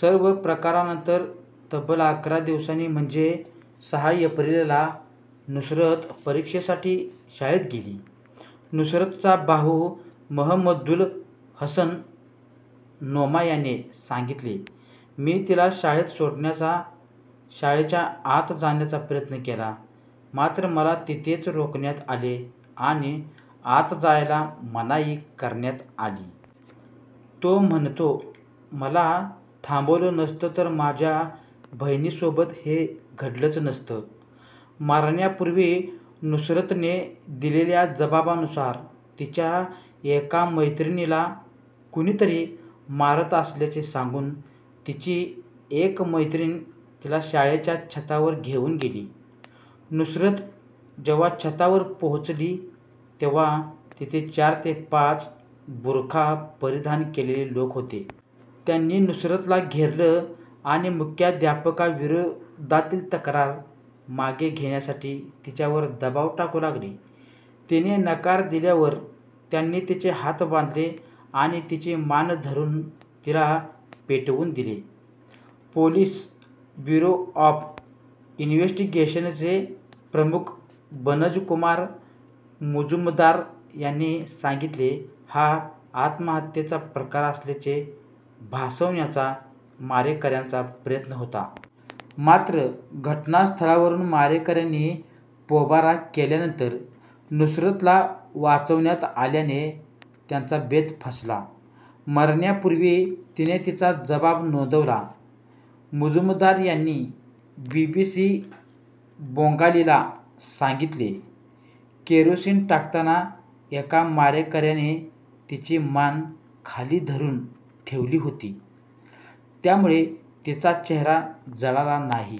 सर्व प्रकारानंतर तब्बल अकरा दिवसांनी म्हणजे सहा एप्रिलला नुसरत परीक्षेसाठी शाळेत गेली. नुसरतचा भाऊ महमद्दुल हसन नोमा याने सांगितले, मी तिला शाळेत सोडण्याचा, शाळेच्या आत जाण्याचा प्रयत्न केला. मात्र मला तिथेच रोखण्यात आले आणि आत जायला मनाई करण्यात आली. तो म्हणतो मला थांबवलं नसतं तर माझ्या बहिणीसोबत हे घडलंच नसतं. मरण्यापूर्वी नुसरतने दिलेल्या जबाबानुसार तिच्या एका मैत्रिणीला कुणीतरी मारत असल्याचे सांगून तिची एक मैत्रीण तिला शाळेच्या छतावर घेऊन गेली. नुसरत जेव्हा छतावर पोहोचली तेव्हा तिथे चार ते पाच बुरखा परिधान केलेले लोक होते. त्यांनी नुसरतला घेरलं आणि मुख्याध्यापकाविरोधातील तक्रार मागे घेण्यासाठी तिच्यावर दबाव टाकू लागले. तिने नकार दिल्यावर त्यांनी तिचे हात बांधले आणि तिची मान धरून तिला पेटवून दिले. पोलीस ब्युरो ऑफ इन्वेस्टिगेशनचे प्रमुख बनज कुमार मुजुमदार यांनी सांगितले हा आत्महत्येचा प्रकार असल्याचे भासवण्याचा मारेकऱ्यांचा प्रयत्न होता. मात्र घटनास्थळावरून मारेकऱ्यांनी पोबारा केल्यानंतर नुसरतला वाचवण्यात आल्याने त्यांचा बेत फसला. मरण्यापूर्वी तिने तिचा जबाब नोंदवला. मुजुमदार यांनी बीबीसी बेंगालीला सांगितले केरोसीन टाकताना एका मारेकऱ्याने तिची मान खाली धरून ठेवली होती. त्यामुळे तिचा चेहरा जळाला नाही.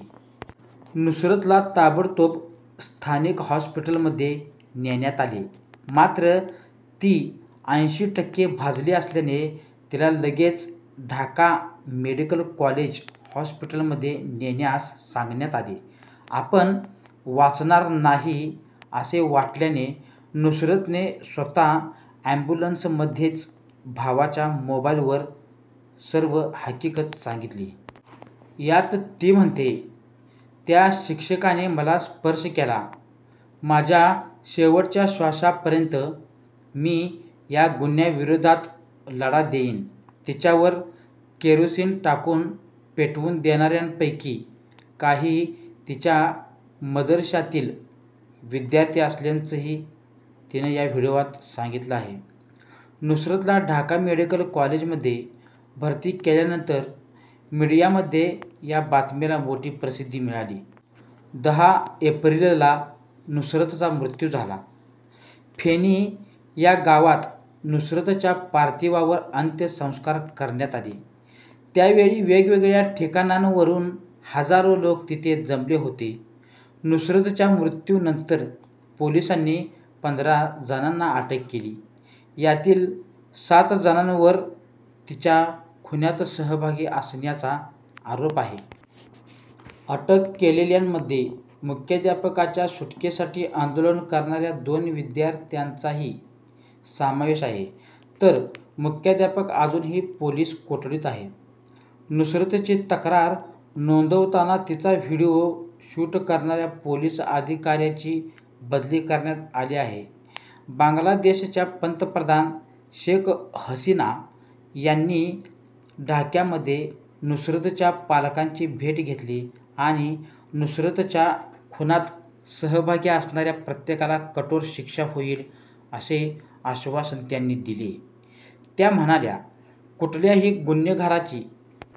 नुसरतला ताबडतोब स्थानिक हॉस्पिटलमध्ये नेण्यात आले. मात्र, ती अंशी टक्के भाजली असल्याने तिला लगेच ढाका मेडिकल कॉलेज हॉस्पिटलमध्ये नेण्यास सांगण्यात आले. आपण वाचणार नाही, असे वाटल्याने नुसरतने स्वतः अॅम्ब्युलन्समध्येच भावाच्या मोबाईलवर सर्व हकीगत सांगितली. यात ती म्हणते, त्या शिक्षकाने मला स्पर्श केला. माझ्या शेवटच्या श्वासापर्यंत मी या गुन्ह्याविरोधात लढा देईन. तिच्यावर केरोसीन टाकून पेटवून देणाऱ्यांपैकी काही तिच्या मदरशातील विद्यार्थी असल्याचंही तिने या व्हिडिओत सांगितले आहे. नुसरतला ढाका मेडिकल कॉलेजमध्ये भर्ती केल्यानंतर मीडियामध्ये या बातमीला मोठी प्रसिद्धी मिळाली. दहा एप्रिलला नुसरतचा मृत्यू झाला. फेनी या गावात नुसरतच्या पार्थिवावर अंत्यसंस्कार करण्यात आले. त्या वेळी वेगवेगळ्या ठिकाणांवरून हजारो लोक तिथे जमले होते. नुसरतच्या मृत्यूनंतर पोलिसांनी पंधरा जणांना अटक केली. यातील सात जणांवर तिच्या खुनात सहभागी असण्याचा आरोप आहे. अटक केलेल्यांमध्ये मुख्याध्यापकाच्या सुटकेसाठी आंदोलन करणाऱ्या दोन विद्यार्थांचाही समावेश आहे. तर मुख्याध्यापक अजूनही पोलीस कोठडीत आहे. नुसरतची तक्रार नोंदवताना तिचा व्हिडिओ शूट करणाऱ्या पोलीस अधिकाऱ्याची बदली करण्यात आली आहे. बांगलादेशच्या पंतप्रधान शेख हसिना यांनी ढाक्यामध्ये नुसरतच्या पालकांची भेट घेतली आणि नुसरतच्या खुनात सहभागी असणाऱ्या प्रत्येकाला कठोर शिक्षा होईल असे आश्वासन त्यांनी दिले. त्या म्हणाल्या कुठल्याही गुन्हेगाराची